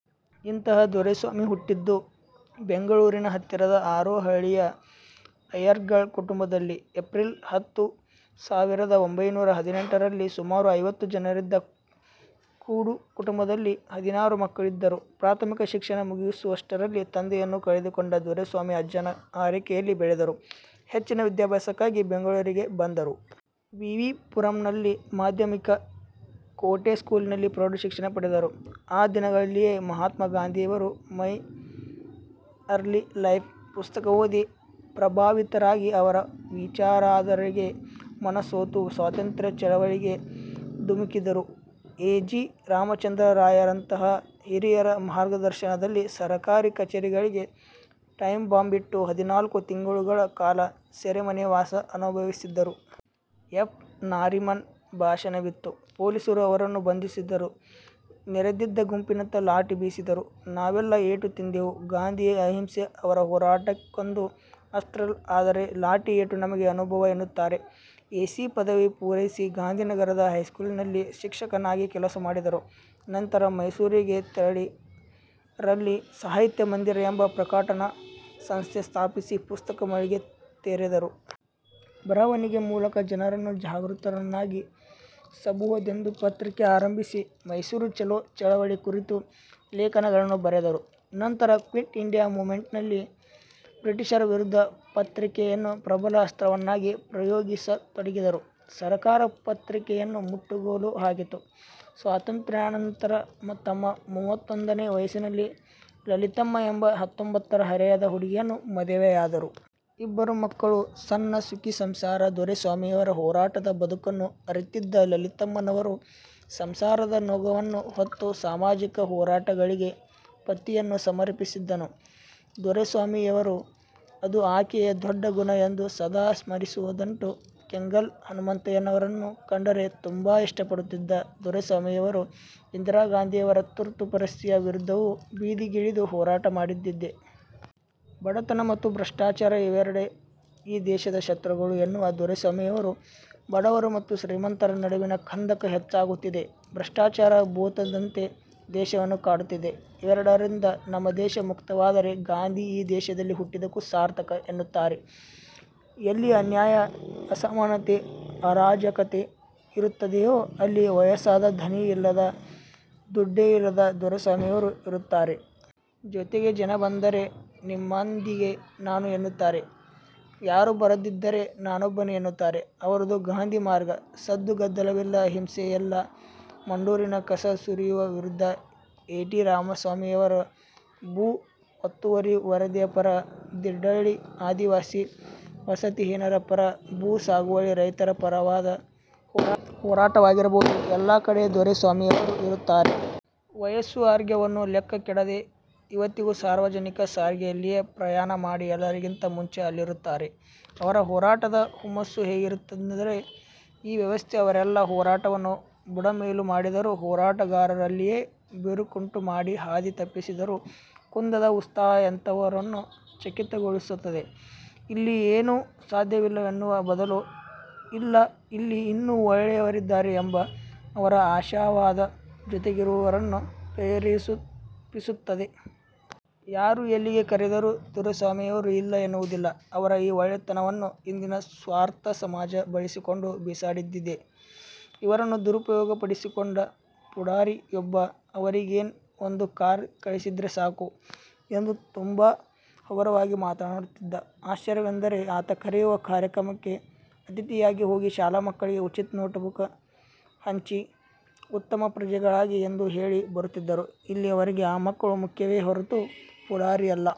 ಇಂತಹ ದೊರೆಸ್ವಾಮಿ ಹುಟ್ಟಿದ್ದು ಬೆಂಗಳೂರಿನ ಹತ್ತಿರದ ಹಾರೋಹಳ್ಳಿಯ ಅಯ್ಯರ್ಗಳ ಕುಟುಂಬದಲ್ಲಿ, ಎಪ್ರಿಲ್ ಹತ್ತು, ಸಾವಿರದ ಒಂಭೈನೂರ ಹದಿನೆಂಟರಲ್ಲಿ ಸುಮಾರು ಐವತ್ತು ಜನರಿದ್ದ ಕೂಡು ಕುಟುಂಬದಲ್ಲಿ ಹದಿನಾರು ಮಕ್ಕಳಿದ್ದರು. ಪ್ರಾಥಮಿಕ ಶಿಕ್ಷಣ ಮುಗಿಸುವಷ್ಟರಲ್ಲಿ, ತಂದೆಯನ್ನು ಕಳೆದುಕೊಂಡ ದೊರೆಸ್ವಾಮಿ ಅಜ್ಜನ ಆರೈಕೆಯಲ್ಲಿ ಬೆಳೆದರು. ಹೆಚ್ಚಿನ ವಿದ್ಯಾಭ್ಯಾಸಕ್ಕಾಗಿ ಬೆಂಗಳೂರಿಗೆ ಬಂದರು. ವಿವಿ ಪುರಂನಲ್ಲಿ ಮಾಧ್ಯಮಿಕ, ಕೋಟೆ ಸ್ಕೂಲಿನಲ್ಲಿ ಪ್ರೌಢಶಿಕ್ಷಣ ಪಡೆದರು. ಆ ದಿನಗಳಲ್ಲಿಯೇ ಮಹಾತ್ಮ ಗಾಂಧಿಯವರ 'ಮೈ ಅರ್ಲಿ ಲೈಫ್' ಪುಸ್ತಕ ಓದಿ, ಪ್ರಭಾವಿತರಾಗಿ, ಅವರ ವಿಚಾರಧಾರೆಗೆ ಮನಸೋತು ಸ್ವಾತಂತ್ರ್ಯ ಚಳವಳಿಗೆ ಧುಮುಕಿದರು. ಎ. ಜಿ. ರಾಮಚಂದ್ರರಾಯರಂತಹ ಹಿರಿಯರ ಮಾರ್ಗದರ್ಶನದಲ್ಲಿ ಸರಕಾರಿ ಕಚೇರಿಗಳಿಗೆ ಟೈಂಬಾಂಬ್ ಇಟ್ಟು, ಹದಿನಾಲ್ಕು ತಿಂಗಳುಗಳ ಕಾಲ ಸೆರೆಮನೆ ವಾಸ ಅನುಭವಿಸಿದರು. ಎಫ್. ನಾರಿಮನ್ ಭಾಷಣವಿತ್ತು. ಪೊಲೀಸರು ಅವರನ್ನು ಬಂಧಿಸಿದರು. ನೆರೆದಿದ್ದ ಗುಂಪಿನತ್ತ ಲಾಠಿ ಬೀಸಿದರು. ನಾವೆಲ್ಲ ಏಟು ತಿಂದೆವು. ಗಾಂಧಿಯ ಅಹಿಂಸೆ ಅವರ ಹೋರಾಟಕ್ಕೊಂದು ಅಸ್ತ್ರ, ಆದರೆ ಲಾಠಿ ಏಟು ನಮಗೆ ಅನುಭವ'' ಎನ್ನುತ್ತಾರೆ. ಎಸ್ಸಿ ಪದವಿ ಪೂರೈಸಿ, ಗಾಂಧಿನಗರದ ಹೈಸ್ಕೂಲಿನಲ್ಲಿ ಶಿಕ್ಷಕನಾಗಿ ಕೆಲಸ ಮಾಡಿದರು. ನಂತರ ಮೈಸೂರಿಗೆ ತೆರಳಿ ರಲ್ಲಿ ಸಾಹಿತ್ಯ ಮಂದಿರ ಎಂಬ ಪ್ರಕಟಣಾ ಸಂಸ್ಥೆ ಸ್ಥಾಪಿಸಿ ಪುಸ್ತಕ ಮಳಿಗೆ ತೆರೆದರು. ಬರವಣಿಗೆ ಮೂಲಕ ಜನರನ್ನು ಜಾಗೃತರನ್ನಾಗಿ ಸಬಹುದೆಂದು ಪತ್ರಿಕೆ ಆರಂಭಿಸಿ, ಮೈಸೂರು ಚಲೋ ಚಳವಳಿ ಕುರಿತು ಲೇಖನಗಳನ್ನು ಬರೆದರು. ನಂತರ ಕ್ವಿಟ್ ಇಂಡಿಯಾ ಮೂವ್ಮೆಂಟಿನಲ್ಲಿ ಬ್ರಿಟಿಷರ ವಿರುದ್ಧ ಪತ್ರಿಕೆಯನ್ನು ಪ್ರಬಲ ಅಸ್ತ್ರವನ್ನಾಗಿ ಪ್ರಯೋಗಿಸತೊಡಗಿದರು. ಸರಕಾರ ಪತ್ರಿಕೆಯನ್ನು ಮುಟ್ಟುಗೋಲು ಹಾಕಿತು. ಸ್ವಾತಂತ್ರ್ಯಾನಂತರ ತಮ್ಮ ಮೂವತ್ತೊಂದನೇ ವಯಸ್ಸಿನಲ್ಲಿ ಲಲಿತಮ್ಮ ಎಂಬ ಹತ್ತೊಂಬತ್ತರ ಹರೆಯದ ಹುಡುಗಿಯನ್ನು ಮದುವೆಯಾದರು. ಇಬ್ಬರು ಮಕ್ಕಳು. ಸಣ್ಣ ಸುಖಿ ಸಂಸಾರ. ದೊರೆಸ್ವಾಮಿಯವರ ಹೋರಾಟದ ಬದುಕನ್ನು ಅರಿತಿದ್ದ ಲಲಿತಮ್ಮನವರು, ಸಂಸಾರದ ನೊಗವನ್ನು ಹೊತ್ತು, ಸಾಮಾಜಿಕ ಹೋರಾಟಗಳಿಗೆ ಪತಿಯನ್ನು ಸಮರ್ಪಿಸಿದ್ದನ್ನು ದೊರೆಸ್ವಾಮಿಯವರು ''ಅದು ಆಕೆಯ ದೊಡ್ಡ ಗುಣ'' ಎಂದು ಸದಾ ಸ್ಮರಿಸುವುದುಂಟು. ಕೆಂಗಲ್ ಹನುಮಂತಯ್ಯನವರನ್ನು ಕಂಡರೆ ತುಂಬಾ ಇಷ್ಟಪಡುತ್ತಿದ್ದ ದೊರೆಸ್ವಾಮಿಯವರು, ಇಂದಿರಾ ಗಾಂಧಿಯವರ ತುರ್ತು ಪರಿಸ್ಥಿತಿಯ ವಿರುದ್ಧವೂ ಬೀದಿಗಿಳಿದು ಹೋರಾಟ ಮಾಡಿದ್ದಿದೆ. ಬಡತನ ಮತ್ತು ಭ್ರಷ್ಟಾಚಾರ- ಇವರೆಡೇ ಈ ದೇಶದ ಶತ್ರುಗಳು ಎನ್ನುವ ದೊರೆಸ್ವಾಮಿಯವರು, ''ಬಡವರು ಮತ್ತು ಶ್ರೀಮಂತರ ನಡುವಿನ ಕಂದಕ ಹೆಚ್ಚಾಗುತ್ತಿದೆ. ಭ್ರಷ್ಟಾಚಾರ ಭೂತದಂತೆ ದೇಶವನ್ನು ಕಾಡುತ್ತಿದೆ. ಇವೆರಡರಿಂದ ನಮ್ಮ ದೇಶ ಮುಕ್ತವಾದರೆ, ಗಾಂಧಿ ಈ ದೇಶದಲ್ಲಿ ಹುಟ್ಟಿದ್ದಕ್ಕೂ ಸಾರ್ಥಕ' ಎನ್ನುತ್ತಾರೆ. ಎಲ್ಲಿ ಅನ್ಯಾಯ, ಅಸಮಾನತೆ, ಅರಾಜಕತೆ ಇರುತ್ತದೆಯೋ ಅಲ್ಲಿ ವಯಸ್ಸಾದ, ದನಿ ಇಲ್ಲದ, ದುಡ್ಡೇ ಇಲ್ಲದ ದೊರೆಸ್ವಾಮಿ ಯವರು ಇರುತ್ತಾರೆ. ಜೊತೆಗೆ ಜನ ಬಂದರೆ, ನಿಮ್ಮಾಂದಿಗೆ ನಾನು ಎನ್ನುತ್ತಾರೆ. ಯಾರೂ ಬರದಿದ್ದರೆ ನಾನೊಬ್ಬನೆ ಎನ್ನುತ್ತಾರೆ. ಅವರದು ಗಾಂಧಿ ಮಾರ್ಗ. ಸದ್ದು ಗದ್ದಲವಿಲ್ಲ, ಹಿಂಸೆಯಿಲ್ಲ. ಮಂಡೂರಿನ ಕಸ ಸುರಿಯುವ ವಿರುದ್ಧ, ಎ. ಟಿ. ರಾಮಸ್ವಾಮಿಯವರ ಭೂ ಒತ್ತುವರಿ ವರದಿಯ ಪರ, ದಿಡ್ಡಳ್ಳಿ ಆದಿವಾಸಿ ವಸತಿಹೀನರ ಪರ, ಭೂ ಸಾಗುವಳಿ ರೈತರ ಪರವಾದ ಹೋರಾಟವಾಗಿರಬಹುದು ಎಲ್ಲಾ ಕಡೆ ದೊರೆಸ್ವಾಮಿಯವರು ಇರುತ್ತಾರೆ. ವಯಸ್ಸು, ಆರೋಗ್ಯವನ್ನು ಲೆಕ್ಕಕ್ಕಿಡದೆ, ಇವತ್ತಿಗೂ ಸಾರ್ವಜನಿಕ ಸಾರಿಗೆಯಲ್ಲಿಯೇ ಪ್ರಯಾಣ ಮಾಡಿ, ಎಲ್ಲರಿಗಿಂತ ಮುಂಚೆ ಅಲ್ಲಿರುತ್ತಾರೆ. ಅವರ ಹೋರಾಟದ ಹುಮ್ಮಸ್ಸು ಹೇಗಿರುತ್ತದೆಂದರೆ, ಈ ವ್ಯವಸ್ಥೆ ಅವರೆಲ್ಲ್ಲಾ ಹೋರಾಟವನ್ನು ಬುಡಮೇಲು ಮಾಡಿದರೂ, ಹೋರಾಟಗಾರರಲ್ಲಿಯೇ ಬಿರುಕುಂಟು ಮಾಡಿ ಹಾದಿ ತಪ್ಪಿಸಿದರೂ, ಕುಂದದ ಉತ್ಸಾಹ ಎಂತಹವರನ್ನು ಚಕಿತಗೊಳಿಸುತ್ತದೆ. ಇಲ್ಲಿ ಏನೂ ಸಾಧ್ಯವಿಲ್ಲವೆನ್ನುವ ಬದಲು; ಇಲ್ಲ, ಇಲ್ಲಿ ಇನ್ನೂ ಒಳ್ಳೆಯವರಿದ್ದಾರೆ ಎಂಬ ಅವರ ಆಶಾವಾದ ಜೊತೆಗಿರುವವರನ್ನೂ ಪ್ರೇರೇಪಿಸುತ್ತದೆ. ಯಾರು ಎಲ್ಲಿಗೆ ಕರೆದರೂ ದೊರೆಸ್ವಾಮಿಯವರು ಇಲ್ಲ ಎನ್ನುವುದಿಲ್ಲ. ಅವರ ಈ ಒಳ್ಳೆಯತನವನ್ನು ಇಂದಿನ ಸ್ವಾರ್ಥಸಮಾಜ ಬಳಸಿಕೊಂಡು ಬಿಸಾಡಿದ್ದಿದೆ. ಇವರನ್ನು ದುರುಪಯೋಗಪಡಿಸಿಕೊಂಡ ಪುಢಾರಿಯೊಬ್ಬ, ''ಅವರಿಗೇನ್ ಒಂದು ಕಾರ್ ಕಳಿಸಿದ್ರೆ ಸಾಕು'' ಎಂದು ತುಂಬಾ ಹಗುರವಾಗಿ ಮಾತನಾಡುತ್ತಿದ್ದ. ಆಶ್ಚರ್ಯವೆಂದರೆ, ಆತ ಕರೆಯುವ ಕಾರ್ಯಕ್ರಮಕ್ಕೆ ಅತಿಥಿಯಾಗಿ ಹೋಗಿ, ಶಾಲಾ ಮಕ್ಕಳಿಗೆ ಉಚಿತ ನೋಟ್ ಬುಕ್ ಹಂಚಿ, ಉತ್ತಮ ಪ್ರಜೆಗಳಾಗಿ ಎಂದು ಹೇಳಿ ಬರುತ್ತಿದ್ದರು. ಇಲ್ಲಿ ಅವರಿಗೆ ಆ ಮಕ್ಕಳು ಮುಖ್ಯವೇ ಹೊರತು, ಪುಢಾರಿಯಲ್ಲ.